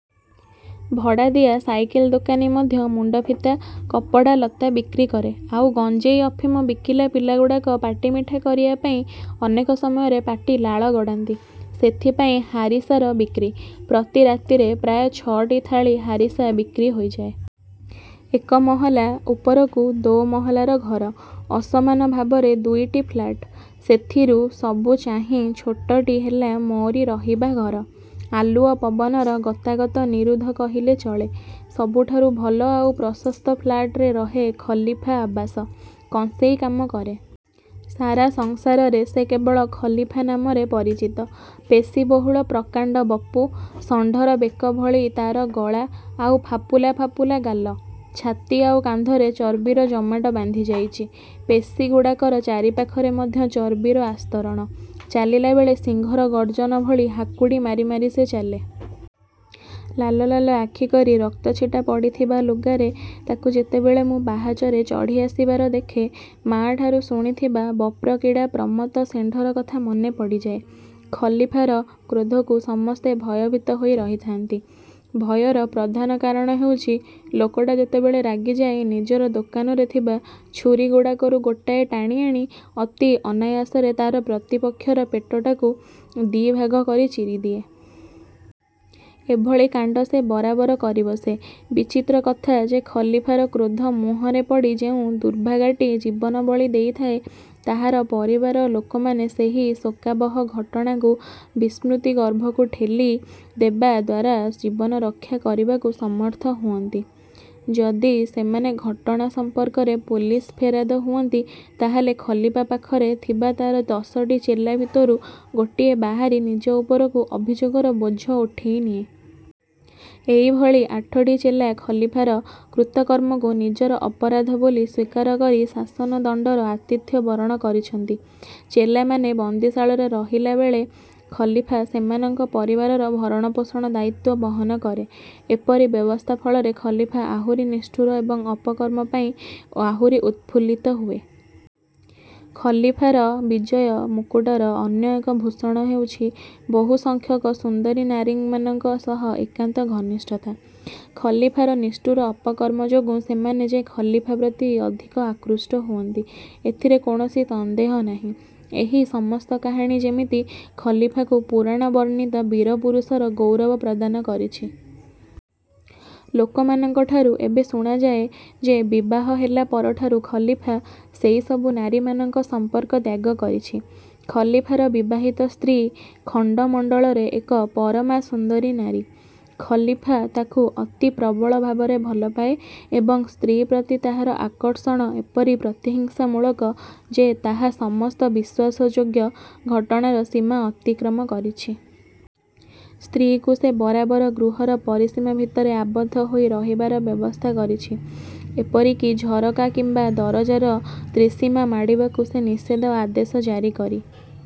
ଭଡ଼ା ଦିଆ ସାଇକେଲ ଦୋକାନୀ ମଧ୍ୟ ମୁଣ୍ଡଫିତା, କପଡ଼ା ଲତା ବିକ୍ରି କରେ। ଆଉ ଗଞ୍ଜେଇ ଅଫିମ ବିକିଲା ପିଲାଗୁଡ଼ାକ ପାଟି ମିଠା କରିବା ପାଇଁ ଅନେକ ସମୟରେ ପାଟି ଲାଳ ଗଡ଼ାନ୍ତି। ସେଥିପାଇଁ 'ହାରିସା'ର ବିକ୍ରି। ପ୍ରତି ରାତିରେ ପ୍ରାୟ ଛ'ଟି ଥାଳି ହାରିସା ବିକ୍ରି ହୋଇଯାଏ'। ଏକମହଲା ଉପରକୁ ଦୋମହଲାର ଘର। ଅସମାନ ଭାବରେ ଦୁଇଟି ଫ୍ଲାଟ। ସେଥିରୁ ସବୁ ଚାହିଁ ଛୋଟଟି ହେଲା ମୋରି ରହିବା ଘର। ଆଲୁଅ ପବନର ଗତାଗତ ନିରୁଦ୍ଧ କହିଲେ ଚଳେ। ସବୁଠାରୁ ଭଲ ଆଉ ପ୍ରଶସ୍ତ ଫ୍ଲାଟରେ ରହେ ଖଲିଫା ଆବାସ। କଂସେଇ କାମ କରେ। ସାରା ସଂସାରରେ ସେ କେବଳ 'ଖଲିଫା' ନାମରେ ପରିଚିତ। ପେଶୀବହୁଳ ପ୍ରକାଣ୍ଡ ବପୁ। ଷଣ୍ଢର ବେକ ଭଳି ତାର ଗଳା, ଆଉ ଫାପୁଲା ଫାପୁଲା ଗାଲ। ଛାତି ଆଉ କାନ୍ଧରେ ଚର୍ବିର ଜମାଟ ବାନ୍ଧିଯାଇଚି। ପେଶୀଗୁଡ଼ାକର ଚାରିପାଖରେ ମଧ୍ୟ ଚର୍ବିର ଆସ୍ତରଣ। ଚାଲିଲାବେଳେ ସିଂହର ଗର୍ଜନ ଭଳି ହାକୁଡ଼ି ମାରି ମାରି ସେ ଚାଲେ। ଲାଲ ଲାଲ ଆଖି କରି ରକ୍ତଛିଟା ପଡ଼ିଥିବା ଲୁଗାରେ ତାକୁ ଯେତେବେଳେ ମୁଁ ପାହାଚରେ ଚଢ଼ି ଆସିବାର ଦେଖେ, ମା'ଠାରୁ ଶୁଣିଥିବା ବପ୍ରକ୍ରିଡ଼ା ପ୍ରମତ୍ତ ଷେଣ୍ଢର କଥା ମନେ ପଡ଼ିଯାଏ। ଖଲିଫାର କ୍ରୋଧକୁ ସମସ୍ତେ ଭୟଭୀତ ହୋଇ ରହିଥାନ୍ତି। ଭୟର ପ୍ରଧାନ କାରଣ ହେଉଛି ଲୋକଟା ଯେତେବେଳେ ରାଗିଯାଏ, ନିଜର ଦୋକାନରେ ଥିବା ଛୁରିଗୁଡ଼ାକରୁ ଗୋଟାଏ ଟାଣି ଆଣି ଅତି ଅନାୟାସରେ ତାର ପ୍ରତିପକ୍ଷର ପେଟଟାକୁ ଦିଭାଗ କରି ଚିରିଦିଏ। ଏଭଳି କାଣ୍ଡ ସେ ବରାବର କରିବସେ। ବିଚିତ୍ର କଥା ଯେ ଖଲିଫାର କ୍ରୋଧ ମୁହଁରେ ପଡ଼ି ଯେଉଁ ଦୁର୍ଭାଗାଟି ଜୀବନଵଳି ଦେଇଥାଏ, ତାହାର ପରିବାର ଲୋକମାନେ ସେହି ଶୋକାବହ ଘଟଣାକୁ ବିସ୍ମୃତି ଗର୍ଭକୁ ଠେଲି ଦେବା ଦ୍ଵାରା ନିଜର ଜୀବନ ରକ୍ଷାକରିବାକୁ ସମର୍ଥ ହୁଅନ୍ତି। ଯଦି ସେମାନେ ଘଟଣା ସମ୍ପର୍କରେ ପୋଲିସରେ ଫେରାଦ ହୁଅନ୍ତି ତାହେଲେ ଖଲିଫା ପାଖରେ ଥିବା ତାର ଦଶଟି ଚେଲା ଭିତରୁ ଗୋଟିଏ ବାହାରି ନିଜ ଉପରକୁ ଅଭିଯୋଗର ବୋଝ ଉଠେଇନିଏ। ଏହିଭଳି ଆଠଟି ଚେଲା ଖଲିଫାର କୃତକର୍ମକୁ ନିଜର ଅପରାଧ ବୋଲି ସ୍ଵୀକାର କରି ଶାସନଦଣ୍ଡର ଆତିଥ୍ୟ ବରଣ କରିଛନ୍ତି। ଚେଲାମାନେ ବନ୍ଦୀଶାଳରେ ରହିବାବେଳେ ଖଲିଫା ସେମାନଙ୍କ ପରିବାରର ଭରଣପୋଷଣ ଦାୟିତ୍ୱ ବହନ କରେ। ଏପରି ବ୍ୟବସ୍ଥା ଫଳରେ ଖଲିଫା ଆହୁରି ନିଷ୍ଠୁର ଏବଂ ଅପକର୍ମ ପାଇଁ ଆହୁରି ଉତ୍ଫୁଲିତ ହୁଏ। ଖଲିଫାର ବିଜୟ ମୁକୁଟର ଅନ୍ୟ ଏକ ଭୂଷଣ ହେଉଛି, ବହୁ ସଂଖ୍ୟକ ସୁନ୍ଦରୀ ନାରୀମାନଙ୍କ ସହ ଏକାନ୍ତ ଘନିଷ୍ଠତା। ଖଲିଫାର ନିଷ୍ଠୁର ଅପକର୍ମ ଯୋଗୁଁ ସେମାନେ ଯେ ଖଲିଫା ପ୍ରତି ଅଧିକ ଆକୃଷ୍ଟ ହୁଅନ୍ତି, ଏଥିରେ କୌଣସି ସନ୍ଦେହ ନାହିଁ। ଏହି ସମସ୍ତ କାହାଣୀ ଯେମିତି ଖଲିଫାକୁ ପୁରାଣ ବର୍ଣ୍ଣିତ ବୀର ପୁରୁଷର ଗୌରବ ପ୍ରଦାନ କରିଛି। ଲୋକମାନଙ୍କଠାରୁ ଏବେ ଶୁଣାଯାଏ ଯେ, ବିବାହ ହେଲା ପରଠାରୁ ଖଲିଫା ସେହିସବୁ ନାରୀମାନଙ୍କ ସମ୍ପର୍କ ତ୍ୟାଗ କରିଛି। ଖଲିଫାର ବିବାହିତ ସ୍ତ୍ରୀ ଖଣ୍ଡମଣ୍ଡଳରେ ଏକ ପରମାସୁନ୍ଦରୀ ନାରୀ। ଖଲିଫା ତାକୁ ଅତି ପ୍ରବଳ ଭାବରେ ଭଲପାଏ ଏବଂ ସ୍ତ୍ରୀ ପ୍ରତି ତାହାର ଆକର୍ଷଣ ଏପରି ପ୍ରତିହିଂସାମୂଳକ ଯେ ତାହା ସମସ୍ତ ବିଶ୍ୱାସଯୋଗ୍ୟ ଘଟଣାର ସୀମା ଅତିକ୍ରମ କରିଛି। ସ୍ତ୍ରୀକୁ ସେ ବରାବର ଗୃହର ପରିସୀମା ଭିତରେ ଆବଦ୍ଧ ହୋଇ ରହିବାର ବ୍ୟବସ୍ଥା କରିଛି; ଏପରିକି ଝରକା କିମ୍ଵା ଦରଜାର ତ୍ରିସୀମା ମାଡ଼ିବାକୁ ସେ ନିଷେଧ ଆଦେଶ ଜାରିକରି